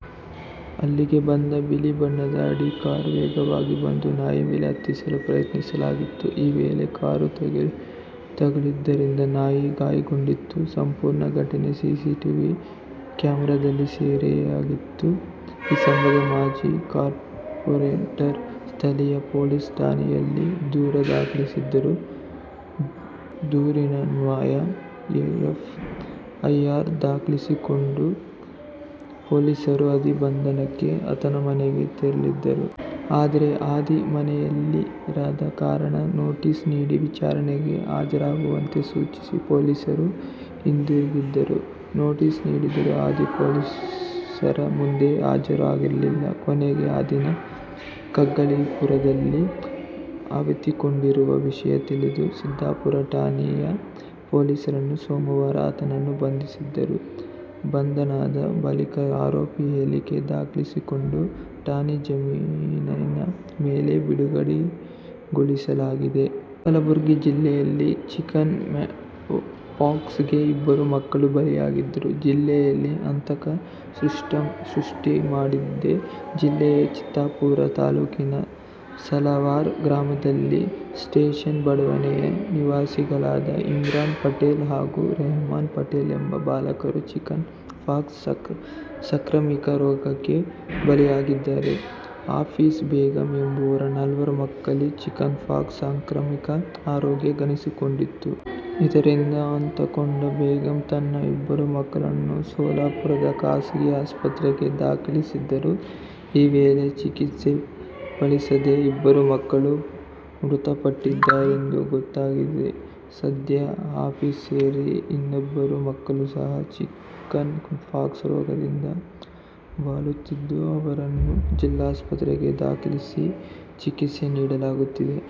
ಅಲ್ಲಿಗೆ ಬಂದ ಬಿಳಿ ಬಣ್ಣದ ಆಡಿ ಕಾರ್ ವೇಗವಾಗಿ ಬಂದು ನಾಯಿ ಮೇಲೆ ಹತ್ತಿಸಲು ಪ್ರಯತ್ನಿಸಲಾಗಿತ್ತು. ಈ ವೇಳೆ ಕಾರು ತಗುಲಿದ್ದರಿಂದ ನಾಯಿ ಗಾಯಗೊಂಡಿತ್ತು. ಸಂಪೂರ್ಣ ಘಟನೆ ಸಿಸಿಟಿವಿ ಕ್ಯಾಮೆರಾದಲ್ಲಿ ಸೆರೆಯಾಗಿತ್ತು. ಈ ಸಂಬಂಧ ಮಾಜಿ ಕಾರ್ಪೋರೇಟರ್ ಸ್ಥಳೀಯ ಪೊಲೀಸ್ ಠಾಣೆಯಲ್ಲಿ ದೂರು ದಾಖಲಿಸಿದ್ರು. ದೂರಿನನ್ವಯ ಎಫ್ಐಆರ್ ದಾಖಲಿಸಿಕೊಂಡ ಪೊಲೀಸರು ಆದಿ ಬಂಧನಕ್ಕೆ ಆತನ ಮನೆಗೆ ತೆರಳಿದ್ದರು. ಆದ್ರೆ ಆದಿ ಮನೆಯಲ್ಲಿರದ ಕಾರಣ ನೋಟಿಸ್ ನೀಡಿ ವಿಚಾರಣೆಗೆ ಹಾಜರಾಗುವಂತೆ ಸೂಚಿಸಿ ಪೊಲೀಸರು ಹಿಂದಿರುಗಿದ್ದರು. ನೋಟಿಸ್ ನೀಡಿದ್ದರೂ ಆದಿ ಪೊಲೀಸರ ಮುಂದೆ ಹಾಜರು ಆಗಿರಲಿಲ್ಲ. ಕೊನೆಗೆ ಆದಿ ಕಗ್ಗಲಿಪುರದಲ್ಲಿ ಅವಿತುಕೊಂಡಿರುವ ವಿಷಯ ತಿಳಿದ ಸಿದ್ದಾಪುರ ಠಾಣೆಯ ಪೊಲೀಸರು ಸೋಮವಾರ ಆತನನ್ನು ಬಂಧಿಸಿದ್ದರು. ಬಂಧನದ ಬಳಿಕ ಆರೋಪಿ ಹೇಳಿಕೆ ದಾಖಲಿಸಿಕೊಂಡು ಠಾಣಾ ಜಾಮೀನಿನ ಮೇಲೆ ಬಿಡುಗಡೆಗೊಳಿಸಲಾಗಿದೆ. ಕಲಬುರಗಿ ಜಿಲ್ಲೆಯಲ್ಲಿ ಚಿಕನ್ ಪಾಕ್ಸ್ ಗೆ ಇಬ್ಬರು ಮಕ್ಕಳು ಬಲಿಯಾಗಿದ್ದು, ಜಿಲ್ಲೆಯಲ್ಲಿ ಆತಂಕ ಸೃಷ್ಟಿ ಮಾಡಿದೆ. ಜಿಲ್ಲೆಯ ಚಿತ್ತಾಪುರ ತಾಲೂಕಿನ ನಾಲವಾರ್ ಗ್ರಾಮದಲ್ಲಿ ಸ್ಟೇಷನ್ ಬಡಾವಣೆಯ ನಿವಾಸಿಗಳಾದ ಇಮ್ರಾನ್ ಪಟೇಲ್ ಹಾಗೂ ರೆಹಮಾನ್ ಪಟೇಲ್ ಎಂಬ ಬಾಲಕರು ಚಿಕನ್ ಪಾಕ್ಸ್ ಸಾಂಕ್ರಾಮಿಕ ರೋಗಕ್ಕೆ ಬಲಿಯಾಗಿದ್ದಾರೆ. ಹಾಪೀಸಾ ಬೇಗಂ ಎಂಬುವರ ನಾಲ್ವರು ಮಕ್ಕಳಲ್ಲಿ ಚಿಕನ್ ಪಾಕ್ಸ್ ಸಾಂಕ್ರಾಮಿಕ ರೋಗ ಕಾಣಿಸಿಕೊಂಡಿತ್ತು. ಇದರಿಂದ ಆತಂಕಗೊಂಡ ಬೇಗಂ ತನ್ನ ಇಬ್ಬರು ಮಕ್ಕಳನ್ನು ಸೊಲ್ಲಾಪುರದ ಖಾಸಗಿ ಆಸ್ಪತ್ರೆಗೆ ದಾಖಲಿಸಿದ್ದರು. ಈ ವೇಳೆ ಚಿಕಿತ್ಸೆ ಫಲಿಸದೆ ಇಬ್ಬರು ಮಕ್ಕಳು ಮೃತಪಟ್ಟಿದ್ದಾರೆಂದು ಗೊತ್ತಾಗಿದೆ. ಸದ್ಯ ಹಾಪೀಸಾ ಸೇರಿ ಇನ್ನಿಬ್ಬರು ಮಕ್ಕಳು ಸಹ ಚಿಕನ್ ಪಾಕ್ಸ್ ರೋಗದಿಂದ ಬಳಲುತ್ತಿದ್ದು, ಅವರನ್ನು ಜಿಲ್ಲಾಸ್ಪತ್ರೆಗೆ ದಾಖಲಿಸಿ ಚಿಕಿತ್ಸೆ ನೀಡಲಾಗುತ್ತಿದೆ.